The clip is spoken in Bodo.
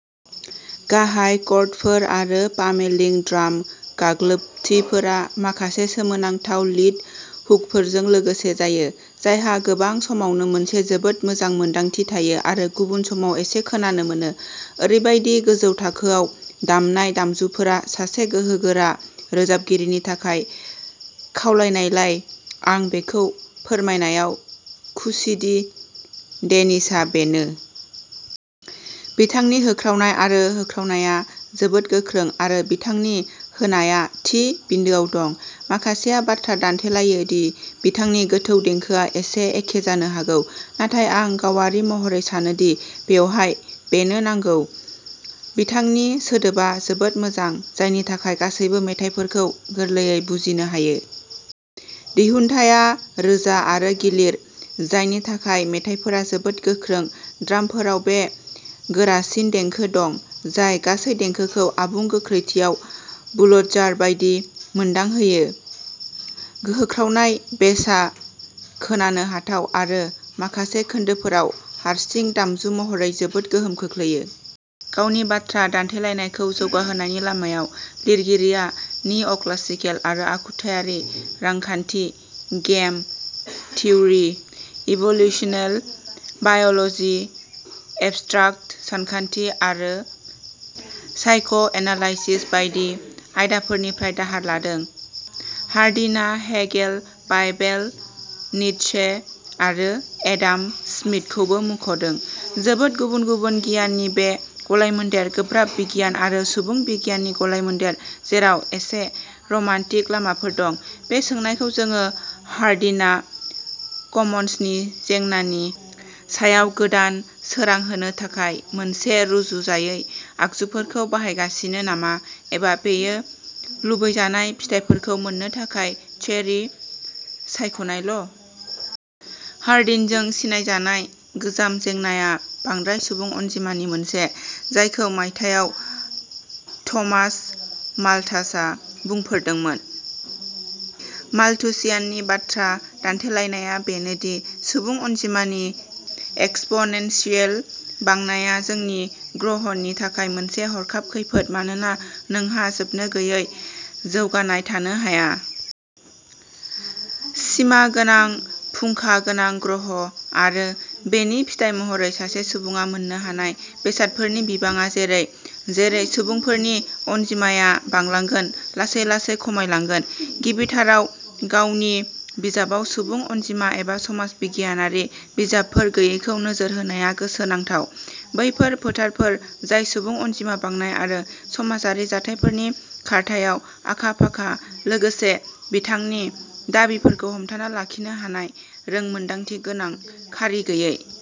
गाहाय कर्डफोर आरो पामेलिं ड्राम गाग्लोबथिफोरा माखासे सोमोनांथाव लीड हुकफोरजों लोगोसे जायो, जायहा गोबां समावनो मोनसे जोबोद मोजां मोनदांथि थायो आरो गुबुन समाव एसे खोनानो मोनो। ओरैबायदि गोजौ थाखोआव दामनाय दामजुफोरा सासे गोहोगोरा रोजाबगिरिनि थाखाय खावलायनायलाय आं बेखौ फोरमायनायाव खुसिदि डेनिसआ बेनो। बिथांनि होख्रावनाय आरो होख्रावनायआ जोबोद गोख्रों आरो बिथांनि होनायआ थि बिन्दोआव दं। माखासेया बाथ्रा दान्थेलायो दि बिथांनि गोथौ देंखोआ एसे एखे जानो हागौ, नाथाय आं गावारि महरै सानो दि बेवहाय बेनो नांगौ। बिथांनि सोदोबा जोबोद मोजां, जायनि थाखाय गासैबो मेथाइफोरखौ गोरलैयै बुजिनो हायो। दिहुनथाया रोजा आरो गिलिर, जायनि थाखाय मेथाइफोरा जोबोद गोख्रों। ड्रामफोराव बे गोरासिन देंखो दं, जाय गासै देंखोखौ आबुं गोख्रैथियाव बुलडजार बायदि मोनदांहोयो। होख्रावनाय बेसआ खोनानो हाथाव आरो माखासे खोन्दोफोराव हारसिं दामजु महरै जोबोद गोहोम खोख्लैयो। गावनि बाथ्रा दान्थेलायनायखौ जौगाहोनायनि लामायाव, लिरगिरिया निअक्लासिकेल आरो आखुथायारि रांखान्थि, game theory, evolutional biology, abstract सानखान्थि आरो साइक'एनालाइसिस बायदि आयदाफोरनिफ्राय दाहार लादों। हार्डिनआ हेगेल, बाइबेल, नीत्शे आरो एडाम स्मिथखौबो मुंख'दों। जोबोद गुबुन-गुबुन गियाननि बे गलायमोन्देर, गोब्राब बिगियान आरो सुबुं बिगियाननि गलायमोन्देर, जेराव एसे रमान्टिक लामाफोर दं, बे सोंनायखौ सोङो-हार्डिनआ कमन्सनि जेंनानि सायाव गोदान सोरां होनो थाखाय मोनसे रुजुजायै आगजुफोरखौ बाहायगासिनो नामा एबा बियो लुबैजानाय फिथाइफोरखौ मोननो थाखाय चेरी सायख'नायल '? हार्डिनजों सिनायजानाय'गोजाम जेंना'आ बांद्राय सुबुं अनजिमानि मोनसे, जायखौ मायथाइयाव थमास माल्थासआ बुंफोरदोंमोन। माल्थुसियाननि बाथ्रा दान्थेलायनाया बेनो दि सुबुं अनजिमानि एक्सपोनेनशियेल बांनाया जोंनि ग्रहनि थाखाय मोनसे हरखाब खैफोद मानोना नोंहा जोबनोगैयै जौगानाय थानो हाया। सिमा गोनां फुंखा गोनां ग्रह; आरो, बेनि फिथाइ महरै, सासे सुबुङा मोन्नो हानाय बेसादफोरनि बिबाङा जेरै-जेरै सुबुंफोरनि अनजिमाया बांगोन लासै-लासै खमायलांगोन। गिबिथाराव, गावनि बिजाबाव सुबुं अनजिमा एबा समाज बिगियानारि बिजाबफोर गैयैखौ नोजोर होनाया गोसोनांथाव, बैफोर फोथारफोर जाय सुबुं अनजिमा बांनाय आरो समाजारि जाथायफोरनि खारथाइआव आखा-फाखा; लोगोसे बिथांनि दाबिफोरखौ हमथाना लाखिनो हानाय रोंमोनदांथिगोनां खारि गैयै।